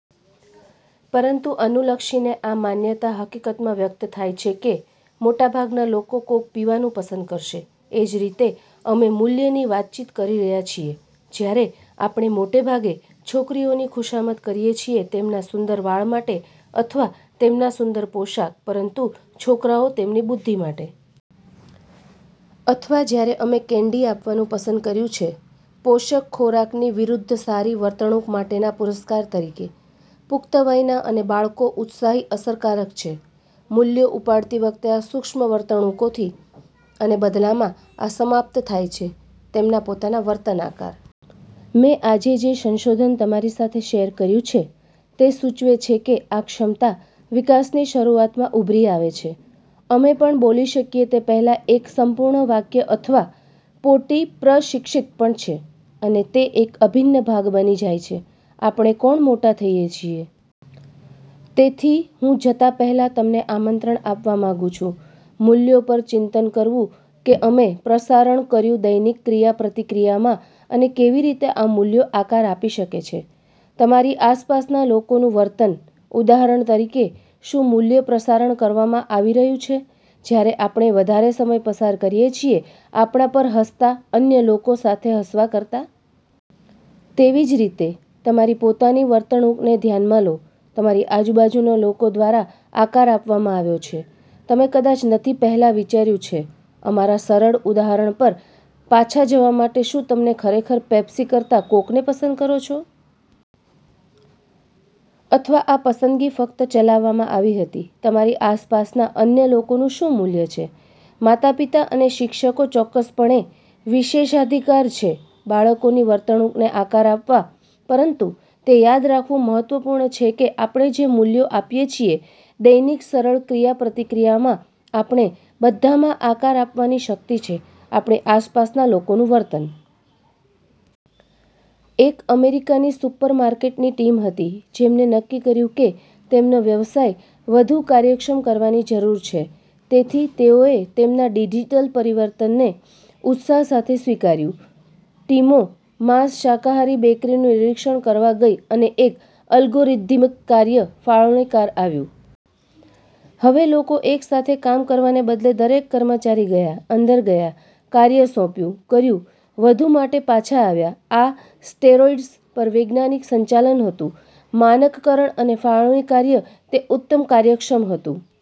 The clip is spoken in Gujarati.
પરંતુ અનુલક્ષીને આ માન્યતા હકીકતમાં વ્યક્ત થાય છે કે મોટાભાગના લોકો કોક પીવાનું પસંદ કરશે. એ જ રીતે, અમે મૂલ્યની વાતચીત કરી રહ્યા છીએ જ્યારે આપણે મોટે ભાગે છોકરીઓની ખુશામત કરીએ છીએ તેમના સુંદર વાળ માટે અથવા તેમના સુંદર પોશાક પરંતુ છોકરાઓ તેમની બુદ્ધિ માટે. અથવા જ્યારે અમે કેન્ડી આપવાનું પસંદ કર્યું છે પોષક ખોરાકની વિરુદ્ધ સારી વર્તણૂક માટેના પુરસ્કાર તરીકે. પુખ્ત વયના અને બાળકો ઉત્સાહી અસરકારક છે મૂલ્યો ઉપાડતી વખતે આ સૂક્ષ્મ વર્તણૂકોથી. અને બદલામાં, આ સમાપ્ત થાય છે તેમના પોતાના વર્તન આકાર. મેં આજે જે સંશોધન તમારી સાથે શેર કર્યું છે તે સૂચવે છે કે આ ક્ષમતા વિકાસની શરૂઆતમાં ઉભરી આવે છે. અમે પણ બોલી શકીએ તે પહેલાં એક સંપૂર્ણ વાક્ય અથવા પોટી-પ્રશિક્ષિત પણ છે અને તે એક અભિન્ન ભાગ બની જાય છે આપણે કોણ મોટા થઈએ છીએ. તેથી હું જતા પહેલાં તમને આમંત્રણ આપવા માંગુ છું મૂલ્યો પર ચિંતન કરવું કે અમે પ્રસારણ કર્યું દૈનિક ક્રિયાપ્રતિક્રિયામાં અને કેવી રીતે આ મૂલ્યો આકાર આપી શકે છે તમારી આસપાસના લોકોનું વર્તન. ઉદાહરણ તરીકે, શું મૂલ્ય પ્રસારણ કરવામાં આવી રહ્યું છે જ્યારે આપણે વધારે સમય પસાર કરીએ છીએ આપણા પર હસતાં અન્ય લોકો સાથે હસવા કરતાં? તેવી જ રીતે, તમારી પોતાની વર્તણૂકને ધ્યાનમાં લો તમારી આજુબાજુના લોકો દ્વારા આકાર આપવામાં આવ્યો છે, તમે કદાચ નથી પહેલાં વિચાર્યું છે. અમારા સરળ ઉદાહરણ પર પાછા જવા માટે શું તમે ખરેખર પેપ્સી કરતા કોકને પસંદ કરો છો? અથવા આ પસંદગી ફક્ત ચલાવવામાં આવી હતી તમારી આસપાસના અન્ય લોકોનું શું મૂલ્ય છે? માતાપિતા અને શિક્ષકો ચોક્કસપણે વિશેષાધિકાર છે બાળકોની વર્તણૂકને આકાર આપવા. પરંતુ તે યાદ રાખવું મહત્વપૂર્ણ છે કે આપણે જે મૂલ્યો આપીએ છીએ દૈનિક સરળ ક્રિયાપ્રતિક્રિયામાં, આપણે બધામાં આકાર આપવાની શક્તિ છે આપણી આસપાસના લોકોનું વર્તન. એક અમેરિકાની સુપર માર્કેટની ટીમ હતી જેમને નક્કી કર્યું કે તેમનો વ્યવસાય વધુ કાર્યક્ષમ કરવાની જરૂર છે. તેથી તેઓએ તેમના ડિજિટલ પરિવર્તનને ઉત્સાહ સાથે સ્વીકાર્યું. ટીમો માંસ, શાકાહારી, બેકરીનું નિરીક્ષણ કરવા ગઈ અને એક અલ્ગોરિધ્મિક કાર્ય ફાળવણીકાર આવ્યું. હવે, લોકો એક સાથે કામ કરવાને બદલે દરેક કર્મચારી ગયા, અંદર ગયા, કાર્ય સોંપ્યું, કર્યું, વધુ માટે પાછા આવ્યા. આ સ્ટેરોઇડ્સ પર વૈજ્ઞાનિક સંચાલન હતુ માનકકરણ અને ફાળવણી કાર્ય. તે ઉત્તમ કાર્યક્ષમ હતું.